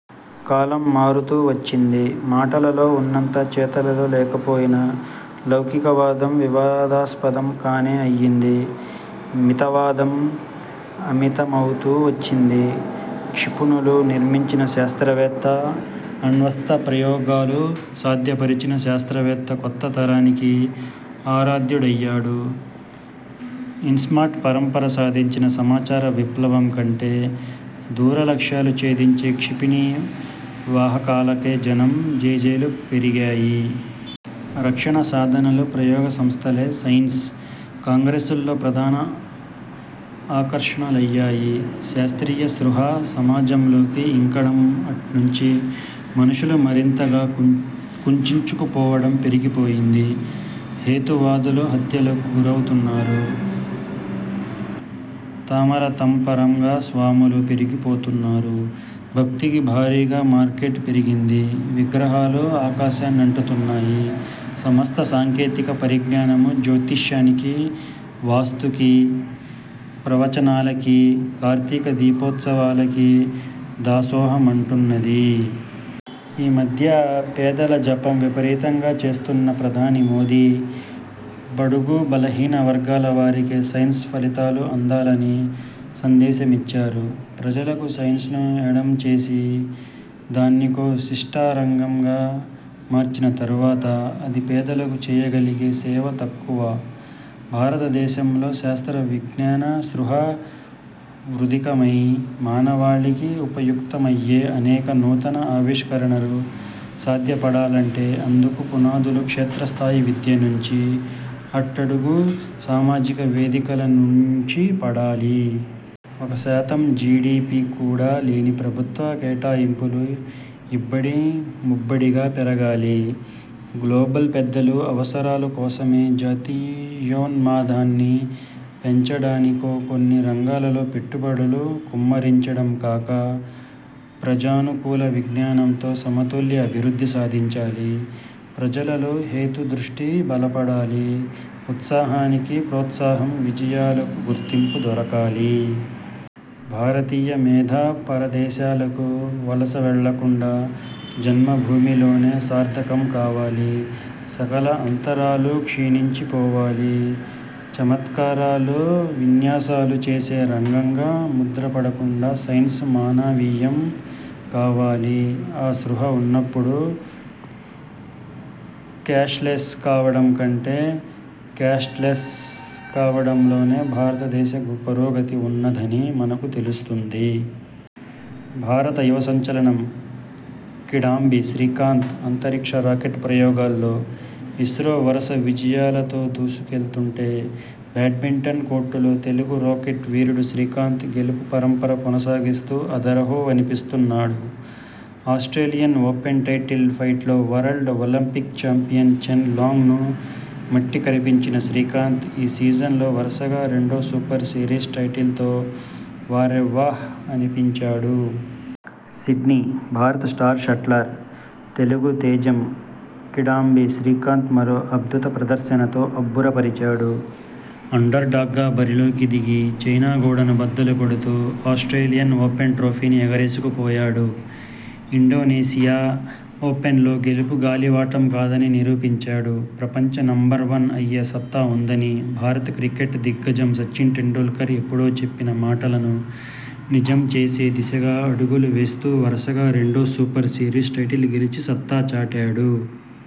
కాలం మారుతూ వచ్చింది. మాటలలో ఉన్నంత చేతలలో లేకపోయినా లౌకికవాదం వివాదాస్పదం కానే అయింది. మితవాదం అమితమవుతూ వచ్చింది. క్షిపణులు నిర్మించిన శాస్త్రవేత్త, అణ్వస్త్ర ప్రయోగాలు సాధ్యపరచిన శాస్త్రవేత్త కొత్త తరానికి ఆరాధ్యుడయ్యాడు. ఇన్శాట్ పరంపర సాధించిన సమాచార విప్లవం కంటె, దూరలక్ష్యాలు ఛేదించే క్షిపణి వాహకాలకే జనం జేజేలు పెరిగాయి. రక్షణసాధనాల ప్రయోగసంస్థలే సైన్స్ కాంగ్రెస్లలో ప్రధాన ఆకర్షణలయ్యాయి. శాస్ర్తీయ స్పృహ సమాజంలోకి ఇంకడం అటుంచి, మనుషులు మరింతగా కుంచించుకుపోవడం పెరిగిపోయింది. హేతువాదులు హత్యలకు గురవుతున్నారు. తామరతంపరగా స్వాములు పెరిగిపోతున్నారు. భక్తికి భారీగా మార్కెట్ పెరిగింది. విగ్రహాలు ఆకాశాన్నంటుతున్నాయి. సమస్త సాంకేతిక పరిజ్ఞానమూ జ్యోతిష్యానికి, వాస్తుకి, ప్రవచనాలకీ, కార్తీకదీపోత్సవాలకీ దాసోహమంటున్నది. ఈ మధ్య పేదల జపం విపరీతంగా చేస్తున్న ప్రధాని మోదీ, బడుగుబలహీనవర్గాల వారికే సైన్స్ ఫలితాలు అందాలని సందేశమిచ్చారు. ప్రజలకు సైన్స్ను ఎడం చేసి, దాన్నొక శిష్ట రంగంగా మార్చిన తరువాత, అది పేదలకు చేయగలిగే సేవ తక్కువ. భారతదేశంలో శాస్త్రవిజ్ఞానస్పృహ ఉధృతమై, మానవాళికి ఉపయుక్తమయ్యే అనేక నూతన ఆవిష్కరణలు సాధ్యపడాలంటే, అందుకు పునాదులు క్షేత్రస్థాయి విద్య నుంచి, అట్టడుగు సామాజిక వేదికలనుంచి పడాలి. ఒక శాతం జీడీపీ కూడా లేని ప్రభుత్వ కేటాయింపులు ఇబ్బడి ముబ్బడిగా పెరగాలి. గ్లోబల్ పెద్దల అవసరాల కోసమో, జాతీయోన్మాదాన్ని పెంచడానికో కొన్ని రంగాలలో పెట్టుబడులు కుమ్మరించడం కాక, ప్రజానుకూల విజ్ఞానంతో సమతుల్య అభివృద్ధి సాధించాలి. ప్రజలలో హేతుదృష్టి బలపడాలి. ఉత్సాహానికి ప్రోత్సాహం, విజయాలకు గుర్తింపు దొరకాలి. భారతీయ మేధ పరదేశాలకు వలస వెళ్లకుండా, జన్మభూమిలోనే సార్థకం కావాలి. సకల అంతరాలూ క్షీణించిపోవాలి. చమత్కారాలూ విన్యాసాలూ చేసే రంగంగా ముద్రపడకుండా సైన్స్ మానవీయం కావాలి. ఆ స్పృహ ఉన్నప్పుడు, క్యాష్లెస్ కావడం కంటె క్యాస్ట్ లెస్ కావడంలోనే భారతదేశ పురోగతి ఉన్నదని మనకు తెలుస్తుంది. భారత యువ సంచలనం కిడాంబి శ్రీకాంత్!! అంతరిక్ష రాకెట్ ప్రయోగాల్లో ఇస్రో వరుస విజయాలతో దూసుకెళ్తుంటే బ్యాడ్మింటన్ కోర్టులో తెలుగు రాకెట్ వీరుడు శ్రీకాంత్ గెలుపు పరంపర కొనసాగిస్తూ అదరహో అనిపిస్తున్నాడు!! ఆస్ర్టేలియన్ ఓపెన్ టైటిల్ ఫైట్లో world, Olympic champion Chen Long ను మట్టికరిపించిన శ్రీకాంత్ ఈ సీజన్లో వరుసగా రెండో సూపర్ సిరీస్ టైటిల్తో వారెవ్వా అనిపించాడు!! సిడ్నీ: భారత స్టార్ షట్లర్, తెలుగు తేజం కిడాంబి శ్రీకాంత్ మరో అద్భుత ప్రదర్శనతో అబ్బురపరిచాడు. అండర్డాగ్గా బరిలోకి దిగి 'చైనా' గోడను బద్దలుకొడుతూ ఆస్ర్టేలియన్ ఓపెన్ ట్రోఫీని ఎగరేసుకుపోయాడు. ఇండోనేసియా ఓపెన్లో గెలుపు గాలి వాటం కాదని నిరూపించాడు. ప్రపంచ నెంబర్వన్ అయ్యే సత్తా ఉందని భారత క్రికెట్ దిగ్గజం సచిన్ టెండూల్కర్ ఎప్పుడో చెప్పిన మాటలను నిజం చేసే దిశగా అడుగులు వేస్తూ వరుసగా రెండో సూపర్ సిరీస్ టైటిల్ గెలిచి సత్తాచాటాడు.